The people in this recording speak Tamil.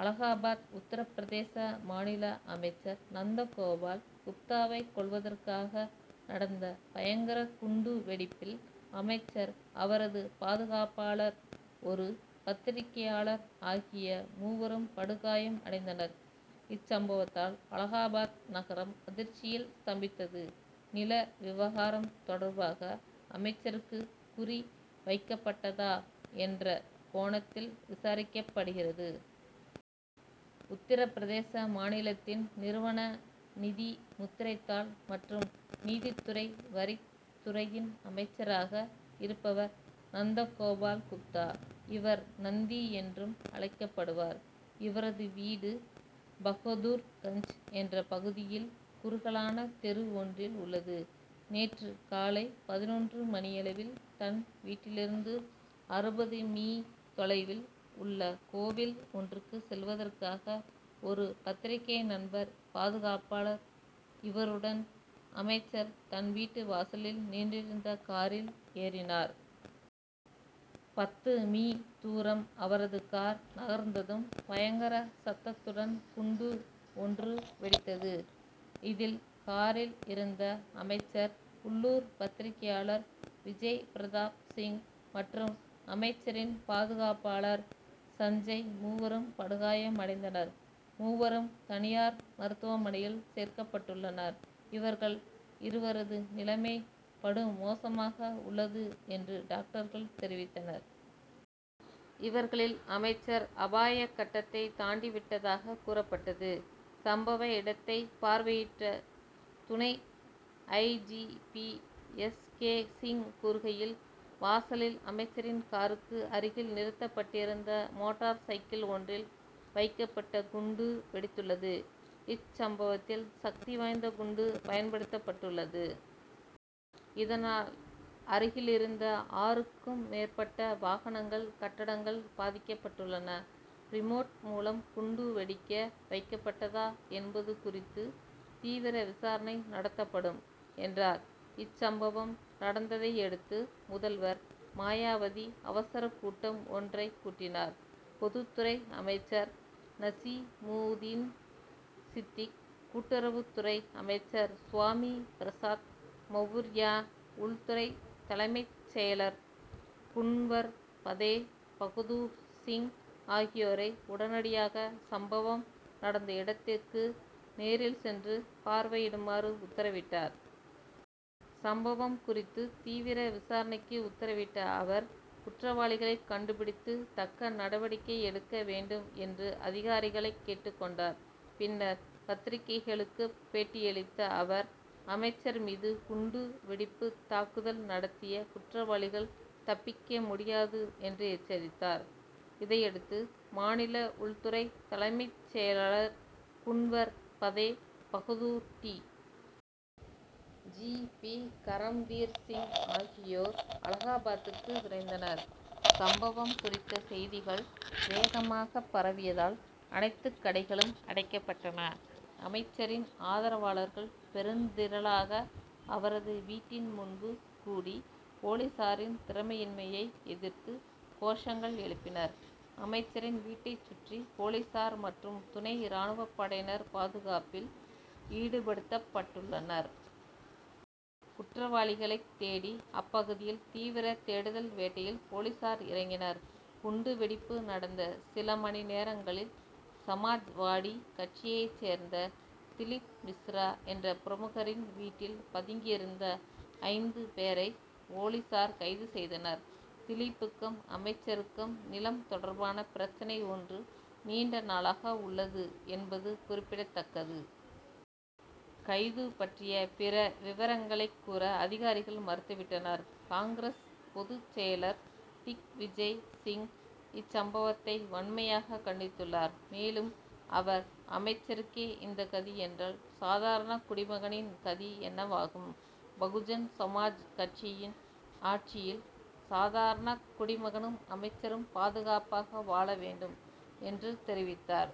அலகாபாத் உத்தரபிரதேச மாநில அமைச்சர் நந்த கோபால் குப்தாவைக் கொல்வதற்காக நடந்த பயங்கர குண்டு வெடிப்பில் அமைச்சர், அவரது பாதுகாப்பாளர், ஒரு பத்திரிகையாளர் ஆகிய மூவரும் படுகாயம் அடைந்தனர். இச்சம்பவத்தால் அலகாபாத் நகரம் அதிர்ச்சியில் ஸ்தம்பித்தது. நில விவகாரம் தொடர்பாக அமைச்சருக்கு குறி வைக்கப்பட்டதா என்ற கோணத்தில் விசாரிக்கப்படுகிறது. உத்தரபிரதேச மாநிலத்தின், நிறுவன நிதி, முத்திரைத் தாள் மற்றும் நீதித்துறை வரித் துறையின் அமைச்சராக இருப்பவர் நந்தகோபால் குப்தா. இவர், நந்தி என்றும் அழைக்கப்படுவார். இவரது வீடு பகதூர்கஞ்ச் என்ற பகுதியில் குறுகலான தெரு ஒன்றில் உள்ளது. நேற்று காலை பதினொன்று மணியளவில், தன் வீட்டிலிருந்து அறுபது மீ தொலைவில் உள்ள கோவில் ஒன்றுக்குச் செல்வதற்காக, ஒரு பத்திரிகை நண்பர், பாதுகாப்பாளர் இருவருடன் அமைச்சர் தன் வீட்டு வாசலில் நின்றிருந்த காரில் ஏறினார். பத்து மீ., தூரம் அவரது கார் நகர்ந்ததும் பயங்கர சத்தத்துடன் குண்டு ஒன்று வெடித்தது. இதில், காரில் இருந்த அமைச்சர், உள்ளூர் பத்திரிகையாளர் விஜய் பிரதாப் சிங் மற்றும் அமைச்சரின் பாதுகாப்பாளர் சஞ்சய் மூவரும் படுகாயம் அடைந்தனர். மூவரும், தனியார் மருத்துவமனையில் சேர்க்கப்பட்டுள்ளனர். இவர்கள் இருவரது நிலைமை படுமோசமாக உள்ளது என்று டாக்டர்கள் தெரிவித்தனர். இவர்களில் அமைச்சர் அபாய கட்டத்தைத் தாண்டி விட்டதாக கூறப்பட்டது. சம்பவ இடத்தைப் பார்வையிட்ட துணை I. G. P., S. K. Singh கூறுகையில், வாசலில் அமைச்சரின் காருக்கு அருகில் நிறுத்தப்பட்டிருந்த மோட்டார் சைக்கிள் ஒன்றில் வைக்கப்பட்ட குண்டு வெடித்துள்ளது. இச்சம்பவத்தில் சக்தி வாய்ந்த குண்டு பயன்படுத்தப்பட்டுள்ளது. இதனால் அருகிலிருந்த ஆறுக்கும் மேற்பட்ட வாகனங்கள், கட்டடங்கள் பாதிக்கப்பட்டுள்ளன. ரிமோட் மூலம் குண்டு வெடிக்க வைக்கப்பட்டதா என்பது குறித்து தீவிர விசாரணை நடத்தப்படும் என்றார். இச்சம்பவம் நடந்ததையடுத்து முதல்வர் மாயாவதி, அவசரக் கூட்டம் ஒன்றைக் கூட்டினார். பொதுத்துறை அமைச்சர் நசீமுதீன் சித்திக், கூட்டுறவுத் துறை அமைச்சர் சுவாமி பிரசாத் மவுர்யா, உள்துறை தலைமைச் செயலர் குன்வர் பதே பகதூர்சிங் ஆகியோரை உடனடியாக சம்பவம் நடந்த இடத்துக்கு நேரில் சென்று பார்வையிடுமாறு உத்தரவிட்டார். சம்பவம் குறித்து தீவிர விசாரணைக்கு உத்தரவிட்ட அவர், குற்றவாளிகளைக் கண்டுபிடித்து தக்க நடவடிக்கை எடுக்க வேண்டும் என்று அதிகாரிகளைக் கேட்டுக் கொண்டார். பின்னர் பத்திரிகைகளுக்குப் பேட்டியளித்த அவர், அமைச்சர் மீது குண்டு வெடிப்புத் தாக்குதல் நடத்திய குற்றவாளிகள் தப்பிக்க முடியாது என்று எச்சரித்தார். இதையடுத்து மாநில உள்துறை தலைமைச் செயலாளர் Kunwar Fateh Bahadur, D. G. P., Karamvir Singh ஆகியோர் அலகாபாத்துக்கு விரைந்தனர். சம்பவம் குறித்து செய்திகள் வேகமாகப் பரவியதால் அனைத்துக் கடைகளும் அடைக்கப்பட்டன. அமைச்சரின் ஆதரவாளர்கள் பெருந்திரளாக அவரது வீட்டின் முன்பு கூடி போலீசாரின் திறமையின்மையை எதிர்த்து கோஷங்கள் எழுப்பினர். அமைச்சரின் வீட்டைச் சுற்றி போலீசார் மற்றும் துணை ராணுவப் படையினர் பாதுகாப்பில் ஈடுபடுத்தப்பட்டுள்ளனர். குற்றவாளிகளைத் தேடி அப்பகுதியில் தீவிர தேடுதல் வேட்டையில் போலீசார் இறங்கினர். குண்டு வெடிப்பு நடந்த சில மணிநேரங்களில், சமாஜ்வாடி கட்சியைச் சேர்ந்த திலிப் மிஸ்ரா என்ற பிரமுகரின் வீட்டில் பதுங்கியிருந்த ஐந்து பேரை போலீசார் கைது செய்தனர். திலிப்புக்கும் அமைச்சருக்கும் நிலம் தொடர்பான பிரச்னை ஒன்று நீண்ட நாளாக உள்ளது என்பது குறிப்பிடத்தக்கது. கைது பற்றிய பிற விவரங்களைக் கூற அதிகாரிகள் மறுத்துவிட்டனர். காங்கிரஸ் பொதுச் செயலர் திக்விஜய் சிங் இச்சம்பவத்தை வன்மையாகக் கண்டித்துள்ளார். மேலும் அவர், அமைச்சருக்கே இந்த கதி என்றால், சாதாரணக் குடிமகனின் கதி என்னவாகும்? பகுஜன் சமாஜ் கட்சியின் ஆட்சியில் சாதாரணக் குடிமகனும் அமைச்சரும் பாதுகாப்பாக வாழ வேண்டும் என்று தெரிவித்தார்.